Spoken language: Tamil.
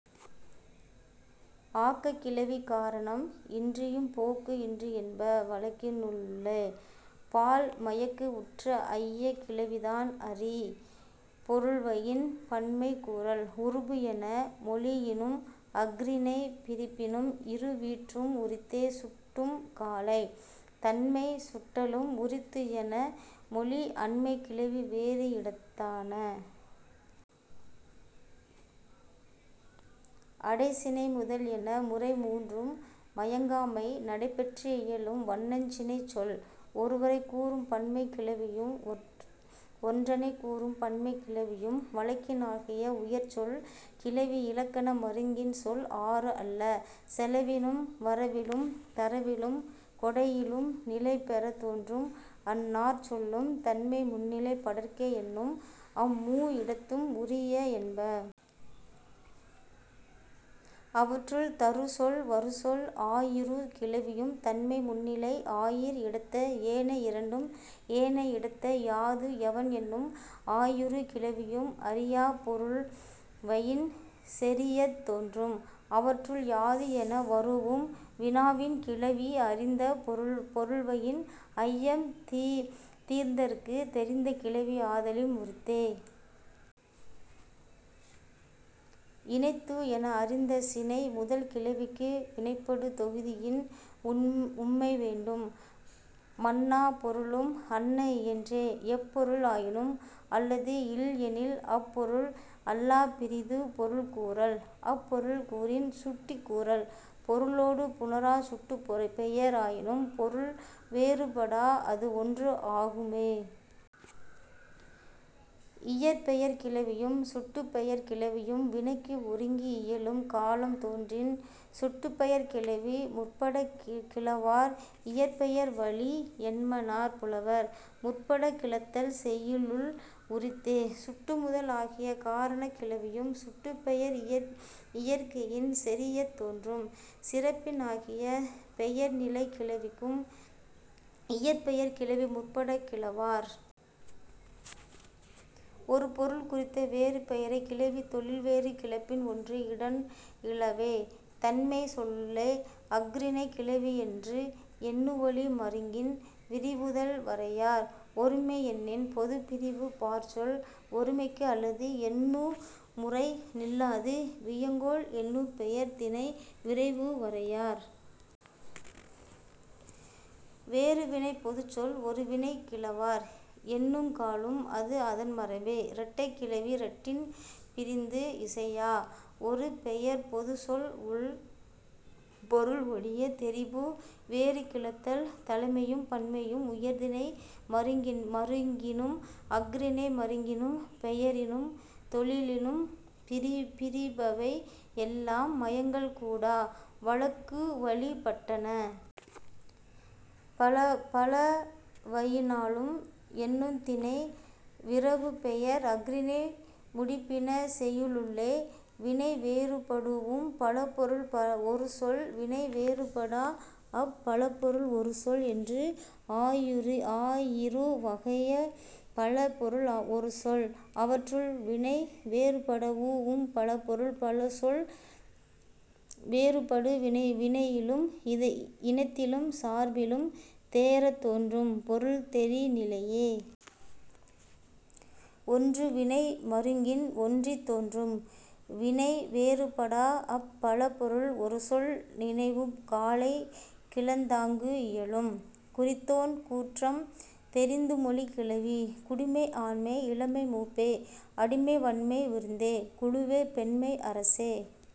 ஆக்கக் கிளவி காரணம் இன்றியும் போக்கு இன்று என்ப வழக்கினுள்ளே.। பால் மயக்கு உற்ற ஐயக் கிளவி தான் அறி பொருள்வயின் பன்மை கூறல். உருபு என மொழியினும் அஃறிணைப் பிரிப்பினும் இரு வீற்றும் உரித்தே சுட்டும் காலை. தன்மை சுட்டலும் உரித்து என மொழிப அன்மைக் கிளவி வேறு இடத்தான. அடை சினை முதல் என முறை மூன்றும் மயங்காமை நடை பெற்று இயலும் வண்ணச் சினைச் சொல். ஒருவரைக் கூறும் பன்மைக் கிளவியும் ஒன்றனைக் கூறும் பன்மைக் கிளவியும் வழக்கின் ஆகிய உயர் சொல் கிளவி இலக்கண மருங்கின் சொல் ஆறு அல்ல. செலவினும் வரவினும் தரவினும் கொடையினும் நிலை பெறத் தோன்றும் அந் நாற் சொல்லும் தன்மை முன்னிலை படர்க்கை என்னும் அம் மூ இடத்தும் உரிய என்ப. அவற்றுள், தரு சொல் வரு சொல் ஆயிரு கிளவியும் தன்மை முன்னிலை ஆயீர் இடத்த. ஏனை இரண்டும் ஏனை இடத்த. யாது எவன் என்னும் ஆயிரு கிளவியும் அறியாப் பொருள்வயின் செறியத் தோன்றும். அவற்றுள், யாது என வரூஉம் வினாவின் கிளவி அறிந்த பொருள்வயின் ஐயம் தீர்தற்குத் தெரிந்த கிளவி ஆதலும் உரித்தே. இனைத்து என அறிந்த சினை முதல் கிளவிக்கு வினைப்படு தொகுதியின் உம்மை வேண்டும். மன்னாப் பொருளும் அன்ன இயற்றே. எப் பொருள் ஆயினும் அல்லது இல் எனின் அப் பொருள் அல்லாப் பிறிது பொருள் கூறல். அப் பொருள் கூறின் சுட்டிக் கூறல். பொருளொடு புணராச் சுட்டுப்பெயர் ஆயினும் பொருள் வேறுபடாஅது ஒன்று ஆகும்மே. இயற்பெயர்க் கிளவியும் சுட்டுப்பெயர்க் கிளவியும் வினைக்கு ஒருங்கு இயலும் காலம் தோன்றின் சுட்டுப்பெயர்க் கிளவி முற்படக் கிளவார் இயற்பெயர் வழிய என்மனார் புலவர். முற்படக் கிளத்தல் செய்யுளுள் உரித்தே. சுட்டு முதல் ஆகிய காரணக் கிளவியும் சுட்டுப்பெயர் இயற்கையின் செறியத் தோன்றும். சிறப்பின் ஆகிய பெயர்நிலைக் கிளவிக்கும் இயற்பெயர்க் கிளவி முற்படக் கிளவார். ஒரு பொருள் குறித்த வேறு பெயர்க் கிளவி தொழில் வேறு கிளப்பின் ஒன்று இடன் இலவே. தன்மைச் சொல்லே அஃறிணைக் கிளவி என்று எண்ணு வழி மருங்கின் விரவுதல் வரையார். ஒருமை எண்ணின் பொதுப் பிரி பாற்சொல் ஒருமைக்கு அல்லது எண்ணு முறை நில்லாது. வியங்கோள் எண்ணுப்பெயர் திணை விரவு வரையார். வேறு வினைப் பொதுச் சொல் ஒரு வினை கிளவார். எண்ணுங்காலும் அது அதன் மரபே. இரட்டைக்கிளவி இரட்டின் பிரிந்து இசையா. ஒரு பெயர்ப் பொதுச் சொல் உள் பொருள் ஒழியத் தெரிபு வேறு கிளத்தல் தலைமையும் பன்மையும் உயர்திணை மருங்கினும் அஃறிணை மருங்கினும். பெயரினும் தொழிலினும் பிரிபவை எல்லாம் மயங்கல் கூடா வழக்குவழிப் பட்டன. பலவயினானும் எண்ணுத் திணை விரவுப்பெயர் அஃறிணை முடிபின செய்யுளுள்ளே. வினை வேறுபடூஉம் பல பொருள் ஒரு சொல் வினை வேறுபடாஅப் பல பொருள் ஒரு சொல் என்று ஆயிரு வகைய பல பொருள் ஒரு சொல். அவற்றுள், வினை வேறுபடூஉம் பல பொருள் ஒரு சொல் வேறுபடு வினையினும் இனத்தினும் சார்பினும் தேறத் தோன்றும் பொருள் தெரி நிலையே. ஒன்று வினை மருங்கின் ஒன்றித் தோன்றும். வினை வேறுபடாஅப் பல பொருள் ஒரு சொல் நினையும் காலை கிளந்தாங்கு இயலும். குறித்தோன் கூற்றம் தெரித்து மொழி கிளவி. குடிமை ஆண்மை இளமை மூப்பே அடிமை வன்மை விருந்தே குழுவே பெண்மை அரசே